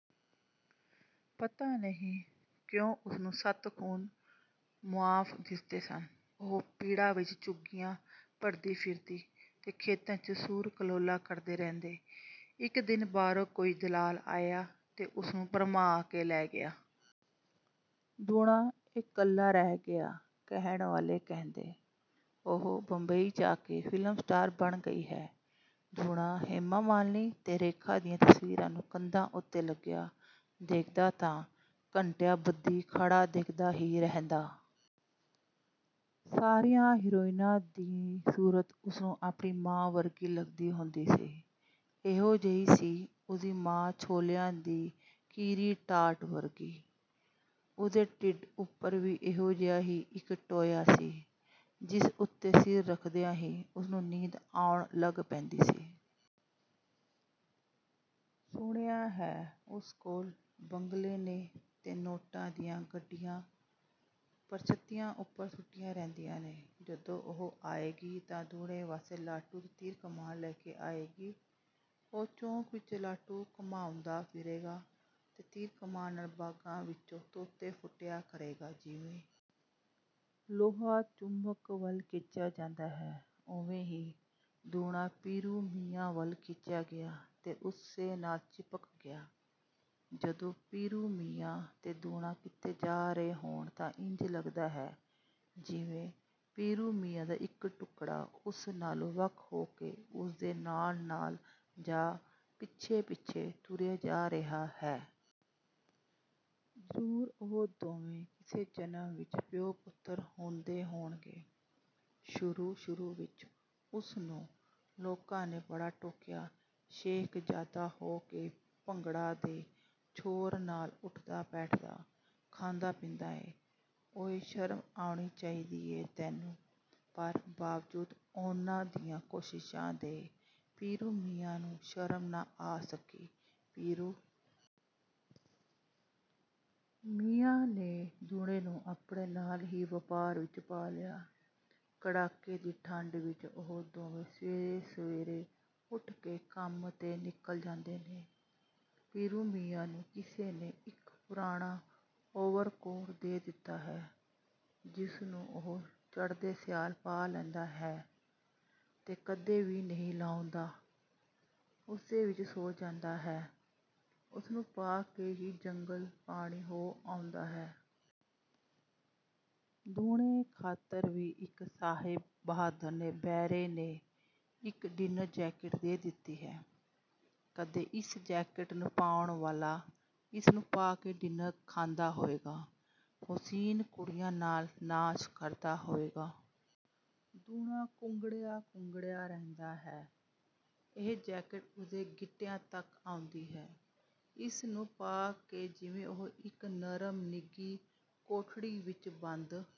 ਪਤਾ ਨਹੀਂ ਕਿਉਂ ਉਸਨੂੰ ਸੱਤ ਖੂਨ ਮੁਆਫ਼ ਦਿਸਦੇ ਸਨ। ਉਹ ਪਿੜਾਂ ਵਿੱਚ ਚੁੱਘੀਆਂ ਭਰਦੀ ਫਿਰਦੀ ਤੇ ਖੇਤਾਂ ਵਿੱਚ ਸੂਰ ਕਲੋਲਾਂ ਕਰਦੇ ਰਹਿੰਦੇ। ਇੱਕ ਦਿਨ ਬਾਹਰੋਂ ਕੋਈ ਦਲਾਲ ਆਇਆ ਤੇ ਉਸਨੂੰ ਭਰਮਾ ਕੇ ਲੈ ਗਿਆ। ਦੂਣਾ ਇਕੱਲਾ ਰਹਿ ਗਿਆ। ਕਹਿਣ ਵਾਲੇ ਕਹਿੰਦੇ, 'ਉਹ ਬੰਬਈ ਜਾ ਕੇ ਫ਼ਿਲਮ ਸਟਾਰ ਬਣ ਗਈ ਹੈ।' ਦੂਣਾ ਹੇਮਾ ਮਾਲਿਨੀ ਤੇ ਰੇਖਾ ਦੀਆਂ ਤਸਵੀਰਾਂ ਨੂੰ ਕੰਧਾਂ ਉੱਤੇ ਲੱਗਿਆ ਦੇਖਦਾ ਤਾਂ ਘੰਟਿਆਂਬੱਧੀ ਖੜ੍ਹਾ ਦੇਖਦਾ ਹੀ ਰਹਿੰਦਾ। ਸਾਰੀਆਂ ਹੀਰੋਇਨਾਂ ਦੀ ਸੂਰਤ ਉਸਨੂੰ ਆਪਣੀ ਮਾਂ ਵਰਗੀ ਲੱਗਦੀ ਹੁੰਦੀ ਸੀ। ਇਹੋ ਜਿਹੀ ਸੀ ਉਸਦੀ ਮਾਂ ਛੋਲਿਆਂ ਦੀ ਕਿਰੀ ਟਾਟ ਵਰਗੀ। ਉਸਦੇ ਢਿੱਡ ਉੱਪਰ ਵੀ ਇਹੋ ਜਿਹਾ ਹੀ ਇੱਕ ਟੋਇਆ ਸੀ, ਜਿਸ ਉੱਤੇ ਸਿਰ ਰੱਖਦਿਆਂ ਹੀ ਉਸਨੂੰ ਨੀਂਦ ਆਉਣ ਲੱਗ ਪੈਂਦੀ ਸੀ। ਸੁਣਿਆ ਹੈ ਉਸ ਕੋਲ ਬੰਗਲੇ ਨੇ ਤੇ ਨੋਟਾਂ ਦੀਆਂ ਗੱਡੀਆਂ ਪਰਛੱਤੀਆਂ ਉੱਪਰ ਸੁੱਟੀਆਂ ਰਹਿੰਦੀਆਂ ਨੇ। ਜਦੋਂ ਉਹ ਆਏਗੀ ਤਾਂ ਦੂਣੇ ਵਾਸਤੇ ਲਾਟੂ ਤੇ ਤੀਰ-ਕਮਾਨ ਲੈ ਕੇ ਆਏਗੀ। ਉਹ ਚੌਂਕ ਵਿੱਚ ਲਾਟੂ ਘੁਮਾਉਂਦਾ ਫਿਰੇਗਾ ਤੇ ਤੀਰ-ਕਮਾਨ ਨਾਲ ਬਾਗਾਂ ਵਿੱਚੋਂ ਤੋਤੇ ਫੁੱਟਿਆ ਕਰੇਗਾ। ਜਿਵੇਂ, ਲੋਹਾ ਚੁੰਬਕ ਵੱਲ ਖਿੱਚਿਆ ਜਾਂਦਾ ਹੈ ਓਵੇਂ ਹੀ ਦੂਣਾ ਪੀਰੂ ਮੀਆਂ ਵੱਲ ਖਿੱਚਿਆ ਗਿਆ ਤੇ ਉਸੇ ਨਾਲ ਚਿਪਕ ਗਿਆ। ਜਦੋਂ ਪੀਰੂ ਮੀਆਂ ਤੇ ਦੂਣਾ ਕਿਤੇ ਜਾ ਰਹੇ ਹੋਣ ਤਾਂ ਇੰਜ ਲੱਗਦਾ ਹੈ ਜਿਵੇਂ ਪੀਰੂ ਮੀਆਂ ਦਾ ਇੱਕ ਟੁਕੜਾ ਉਸ ਨਾਲੋਂ ਵੱਖ ਹੋ ਕੇ ਉਸਦੇ ਨਾਲ-ਨਾਲ ਜਾਂ ਪਿੱਛੇ-ਪਿੱਛੇ ਤੁਰਿਆ ਜਾ ਰਿਹਾ ਹੈ। ਜ਼ਰੂਰ ਉਹ ਦੋਵੇਂ ਕਿਸੇ ਜਨਮ ਵਿੱਚ ਪਿਓ-ਪੁੱਤਰ ਹੁੰਦੇ ਹੋਣਗੇ। ਸ਼ੁਰੂ-ਸ਼ੁਰੂ ਵਿੱਚ ਉਸਨੂੰ ਲੋਕਾਂ ਨੇ ਬੜਾ ਟੋਕਿਆ 'ਸ਼ੇਖਜ਼ਾਦਾ ਹੋ ਕੇ ਭੰਗੜਾਂ ਦੇ ਛੋਹਰ ਨਾਲ ਉੱਠਦਾ-ਬੈਠਦਾ, ਖਾਂਦਾ-ਪੀਂਦਾ ਏਂ ਓਏ, ਸ਼ਰਮ ਆਉਣੀ ਚਾਹੀਦੀ ਏ ਤੈਨੂੰ।' ਪਰ ਬਾਵਜੂਦ ਉਹਨਾਂ ਦੀਆਂ ਕੋਸ਼ਿਸ਼ਾਂ ਦੇ ਪੀਰੂ ਮੀਆਂ ਨੂੰ ਸ਼ਰਮ ਨਾ ਆ ਸਕੀ। ਪੀਰੂ ਮੀਆਂ ਨੇ ਦੂਣੇ ਨੂੰ ਆਪਣੇ ਨਾਲ ਹੀ ਵਪਾਰ ਵਿੱਚ ਪਾ ਲਿਆ। ਕੜਾਕੇ ਦੀ ਠੰਡ ਵਿੱਚ ਉਹ ਦੋਵੇਂ ਸਵੇਰੇ-ਸਵੇਰੇ ਉੱਠ ਕੇ ਕੰਮ 'ਤੇ ਨਿਕਲ ਜਾਂਦੇ ਨੇ। ਪੀਰੂ ਮੀਆਂ ਨੂੰ ਕਿਸੇ ਨੇ ਇੱਕ ਪੁਰਾਣਾ ਓਵਰਕੋਟ ਦੇ ਦਿੱਤਾ ਹੈ ਜਿਸ ਨੂੰ ਉਹ ਚੜ੍ਹਦੇ ਸਿਆਲ ਪਾ ਲੈਂਦਾ ਹੈ ਤੇ ਕਦੇ ਵੀ ਨਹੀਂ ਲਾਹੁੰਦਾ ਉਸੇ ਵਿੱਚ ਸੌਂ ਜਾਂਦਾ ਹੈ, ਉਸਨੂੰ ਪਾ ਕੇ ਹੀ ਜੰਗਲ-ਪਾਣੀ ਹੋ ਆਉਂਦਾ ਹੈ। ਦੂਣੇ ਖਾਤਰ ਵੀ ਇੱਕ ਸਾਹਿਬ ਬਹਾਦਰ ਦੇ ਬੈਰੇ ਨੇ ਇੱਕ ਡਿਨਰ ਜੈਕਟ ਦੇ ਦਿੱਤੀ ਹੈ। ਕਦੇ ਇਸ ਜੈਕਟ ਨੂੰ ਪਾਉਣ ਵਾਲਾ ਇਸਨੂੰ ਪਾ ਕੇ ਡਿਨਰ ਖਾਂਦਾ ਹੋਏਗਾ, ਹੁਸੀਨ ਕੁੜੀਆਂ ਨਾਲ ਨਾਚ ਕਰਦਾ ਹੋਏਗਾ। ਦੂਣਾ ਕੁੰਗੜਿਆ-ਕੁੰਗੜਿਆ ਰਹਿੰਦਾ ਹੈ। ਇਹ ਜੈਕਟ ਉਸਦੇ ਗਿੱਟਿਆਂ ਤੱਕ ਆਉਂਦੀ ਹੈ। ਇਸ ਨੂੰ ਪਾ ਕੇ ਜਿਵੇਂ ਉਹ ਇੱਕ ਨਰਮ, ਨਿੱਘੀ ਕੋਠੜੀ ਵਿੱਚ ਬੰਦ